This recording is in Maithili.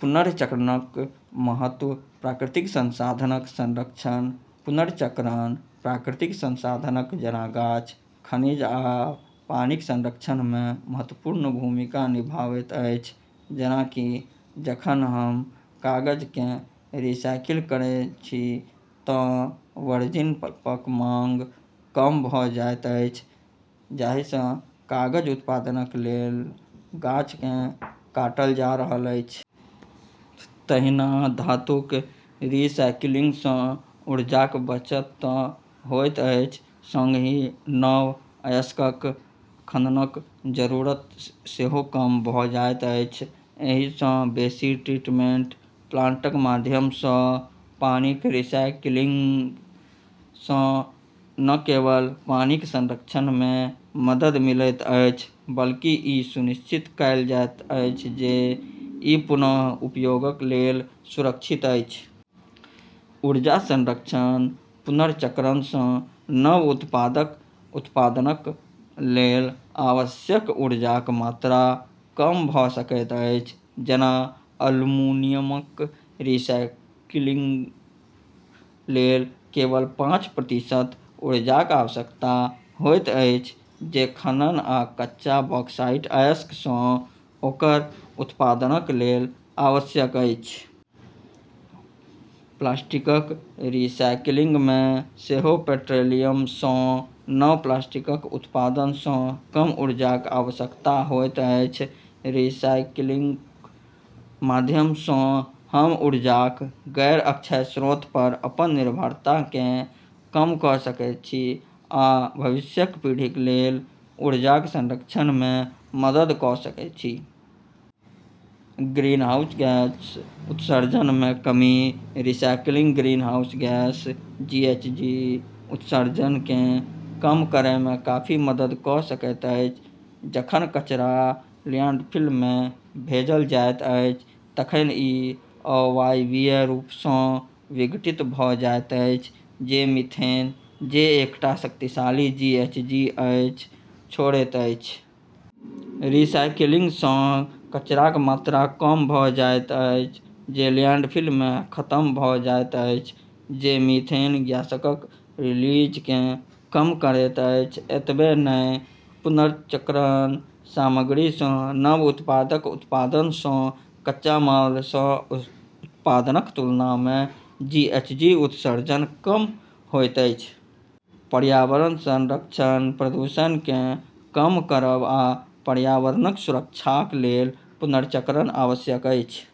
पुनर्चक्रणक महत्व प्राकृतिक संसाधनक संरक्षण पुनर्चक्रण प्राकृतिक संसाधनक जेना गाछ, खनिज, आ पानीक संरक्षणमे महत्वपूर्ण भूमिका निभाबैत अछि। जेना कि जखन हम कागजकेँ रिसाइकिल करैत छी तँ वर्जिन पल्पक माँग कम भऽ जाइत अछि, जाहिसँ कागज उत्पादनक लेल गाछकेँ काटल जा रहल अछि। तहिना धातुक रिसाइकिलिङ्गसँ ऊर्जाक बचत तँ होइत अछि सँगही नव अयस्कक खननक जरूरत सेहो कम भऽ जाइत अछि। एहिसँ बेसी, ट्रीटमेन्ट प्लाण्टक माध्यमसँ पानीक रिसाइकिलिङ्गसँ न केवल पानीक संरक्षणमे मदद मिलैत अछि बल्कि ई सुनिश्चित कएल जाइत अछि जे ई पुनः उपयोगक लेल सुरक्षित अछि। ऊर्जा संरक्षण पुनर्चक्रणसँ नव उत्पादक उत्पादनक लेल आवश्यक ऊर्जाक मात्रा कम भऽ सकैत अछि। जेना एल्युमीनियमक रिसाइकिलिङ्गक लेल केवल पाँच प्रतिशत ऊर्जाक आवश्यकता होइत अछि जे खनन आ कच्चा बक्सलाइट अयस्कसँ ओकर उत्पादनक लेल आवश्यक अछि। प्लास्टिकक रिसाइकिलिङ्गमे सेहो पेट्रोलियमसँ नव प्लास्टिकक उत्पादनसँ कम ऊर्जाक आवश्यकता होइत अछि। रिसाइकिलिङ्गक माध्यमसँ हम ऊर्जाक गैर-अक्षय स्रोतपर अपन निर्भरताकेँ कम कऽ सकैत छी आ भविष्यक पीढ़ीक लेल ऊर्जाक संरक्षणमे मदद कऽ सकैत छी। ग्रीनहाउस ग्यास उत्सर्जनमे कमी रिसाइकिलिङ्ग ग्रीनहाउस ग्यास (जीएचजी) उत्सर्जनकेँ कम करैमे काफी मदद कऽ सकैत अछि। जखन कचरा ल्याण्डफिलमे भेजल जाइत अछि तखन ई अवायवीय रूपसँ विघटित भऽ जाइत अछि, जे मीथेन, जे एकटा शक्तिशाली जीएचजी अछि, छोड़ैत अछि। रिसाइकिलिङ्गसँ कचराक मात्रा कम भऽ जाइत अछि जे ल्याण्डफिलमे खतम भऽ जाइत अछि, जे मीथेन ग्यासक रिलीजकेँ कम करैत अछि। एतबे नहि, पुनर्चक्रण सामग्रीसँ नव उत्पादक उत्पादनसँ कच्चा मालसँ उत्पादनक तुलनामे जीएचजी उत्सर्जन कम होइत अछि। पर्यावरण संरक्षण प्रदूषणकेँ कम करब आ पर्यावरणक सुरक्षाक लेल पुनर्चक्रण आवश्यक अछि।